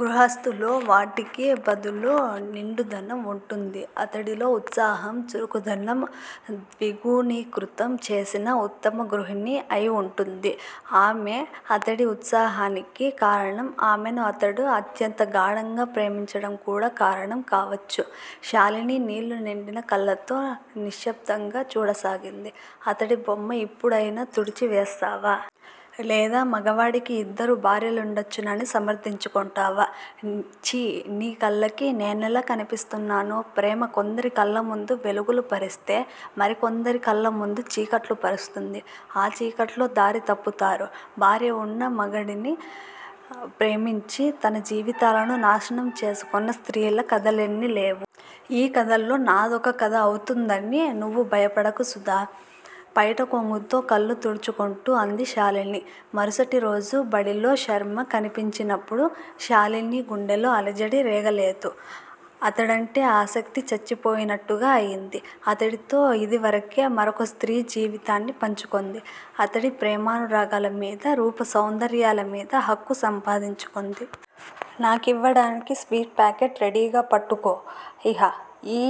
గృగస్తులో వాటికి బదులు నిండుదనం వుంటుంది! అతడిలో ఉత్సాహం, చురుకుదనం ద్విగుణీకృతం చేసిన ఉత్తమ గృహిణి అయి వుంటుంది ఆమె! అతడి ఉత్సాహానికి కారణం ఆమెను అతడు అత్యంతగాఢంగా ప్రేమించడం కూడా కారణం కావచ్చు! శాలిని నీళ్లు నిండిన కళ్లతో నిశ్సబ్దంగా చూడసాగింది. అతడి బొమ్మ ఇప్పుడయినా తుడిచి వేస్తావా? లేదా మగవాడికి యిద్దరు భార్యలుండొచ్చునని సమర్దించుకొంటావా? ఛీ! నీకళ్లకి నేనెలా కనిపిస్తున్నాను? ప్రేమ కొందరి కళ్లముందు వెలుగులు పరిస్తే మరి కొందరి కళ్లముందు చీకట్లు పరుస్తుంది! ఆ చీకట్లో దారి తప్పుతారు. భార్య వున్న మగడిని ప్రేమించి తన జీవితాలను నాశనం చేసుకొన్న స్త్రీల కధలెన్ని లేవు? ఆ కథల్లో నాదొక కథ అవుతుందని నువ్వు భయపడకు, సుధా! పైటకొంగుతో కళ్లు తుడుచుకొంటూ అంది శాలిని. మరుసటిరోజు బడిలో శర్మ కనిపించినప్పుడు శాలిని గుండెలో అలజడి రేగలేదు. అతడంటే ఆసక్తి చచ్చిపోయినట్టుగా అయింది! అతడితో యిదివరకే మరొక స్త్రీ జీవితాన్ని పంచుకొంది! అతడి ప్రేమానురాగాల మీద, రూప సౌందర్యాలమీదా హక్కు సంపాదించుకొంది. నాకివ్వడానికి స్వీట్ పాకెట్ రెడీగా పట్టుకో! ఇహ యీ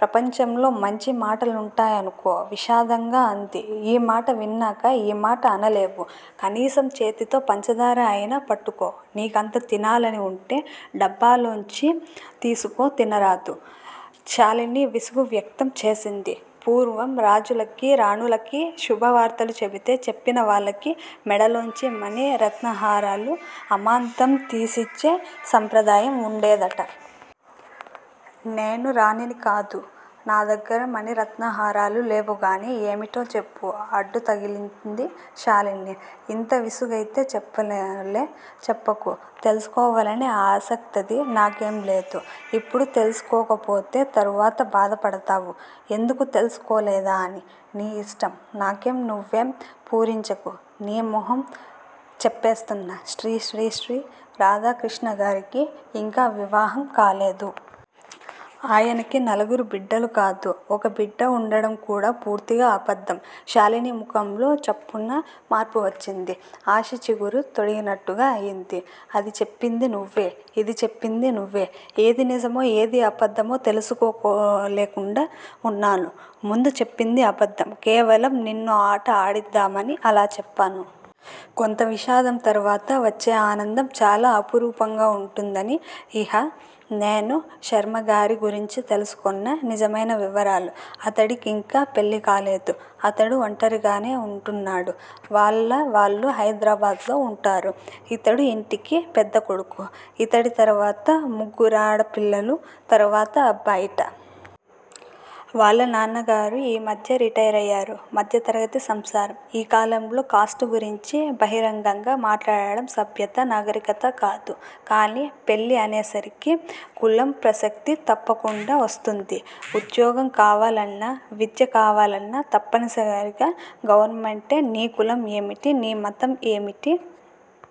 ప్రపంచంలో మంచి మాటలుంటాయనుకో! విషాదంగా అంది. ఈ మాట విన్నాక ఈమాట అనలేవు! కనీసం చేతితో పంచదార అయినా పట్టుకో! నీకంత తినాలని వుంటే డబ్బాలోంచి తీసుకొ తినరాదు? శాలిని విసుగు వ్యక్తం చేసింది. పూర్వం రాజులకి, రాణులకి శుభవార్తలు చెబితే చెప్పిన వాళ్లకి మెడలోంచి మణి, రత్నహారాలు అమాంతం తీసిచ్చే సంప్రదాయం వుండేదట! నేను రాణినికాదు! నా దగ్గర మణిరత్నహారాలు లేవుగాని ఏమిటో చెప్పు! అడ్డుతగిలింది శాలిని. ఇంత విసుగైతే చెప్పనులే! చెప్పకు! తెలుసుకోవాలనే ఆసక్తది నాకేంలేదు! ఇప్పుడు తెలుసుకోకపోతే తరువాత బాధపడతావు! ఎందుకు తెలుసుకోలేదా అని! నీ ఇష్టం! నాకేం! నువ్వేం వూరించకు! నీ మొహం! చెప్పేస్తున్నా! శ్రీశ్రీశ్రీ రాధాకృష్ణగారికి ఇంకా వివాహంకాలేదు. ఆయనకి నలుగురు బిడ్డలుకాదు, ఒక బిడ్డ వుండడంకూడా పూర్తిగా అబద్దం! శాలిని ముఖంలో చప్పున మార్పువచ్చింది. ఆశ చిగురు తొడిగినట్టుగా అయింది. అది చెప్పింది నువ్వే! ఇది చెప్పింది నువ్వే! ఏది నిజమో, ఏది అబద్దమో తెలుసుకోలేకుండా వున్నాను! ముందు చెప్పింది అబద్దం. కేవలం నిన్నో ఆట ఆడిద్దామని అలా చెప్పాను. కొంత విషాదం తరువాత వచ్చే ఆనందం చాలా అపురూపంగా వుంటుందని! ఇహ నేను శర్మగారి గురించి తెలుసుకొన్న నిజమైన వివరాలు, అతడికింకా పెళ్లికాలేదు. అతడు వంటరిగానే వుంటున్నాడు. వాళ్ల వాళ్లు హైదరాబాద్ లో వుంటారు. ఇతడు యింటికి పెద్దకొడుకు! ఇతడి తరువాత ముగ్గురాడపిల్లలు, తరువాత అబ్బాయిట. వాళ్ల నాన్నగారు ఈ మధ్యే రిటైరయ్యారు. మధ్యతరగతి సంసారం! ఈ కాలంలో కాస్ట్ గురించి బహిరంగంగా మాట్లాడడం సభ్యత, నాగరికతకాదు. కాని, పెళ్లి అనేసరికి కులం ప్రసక్తి తప్పకుండా వస్తుంది ఉద్యోగం కావాలన్నా, విద్య కావాలన్నా తప్పనిసరిగా గవర్నమెంటే నీ కులం ఏమిటి? నీ మతం ఏమిటి?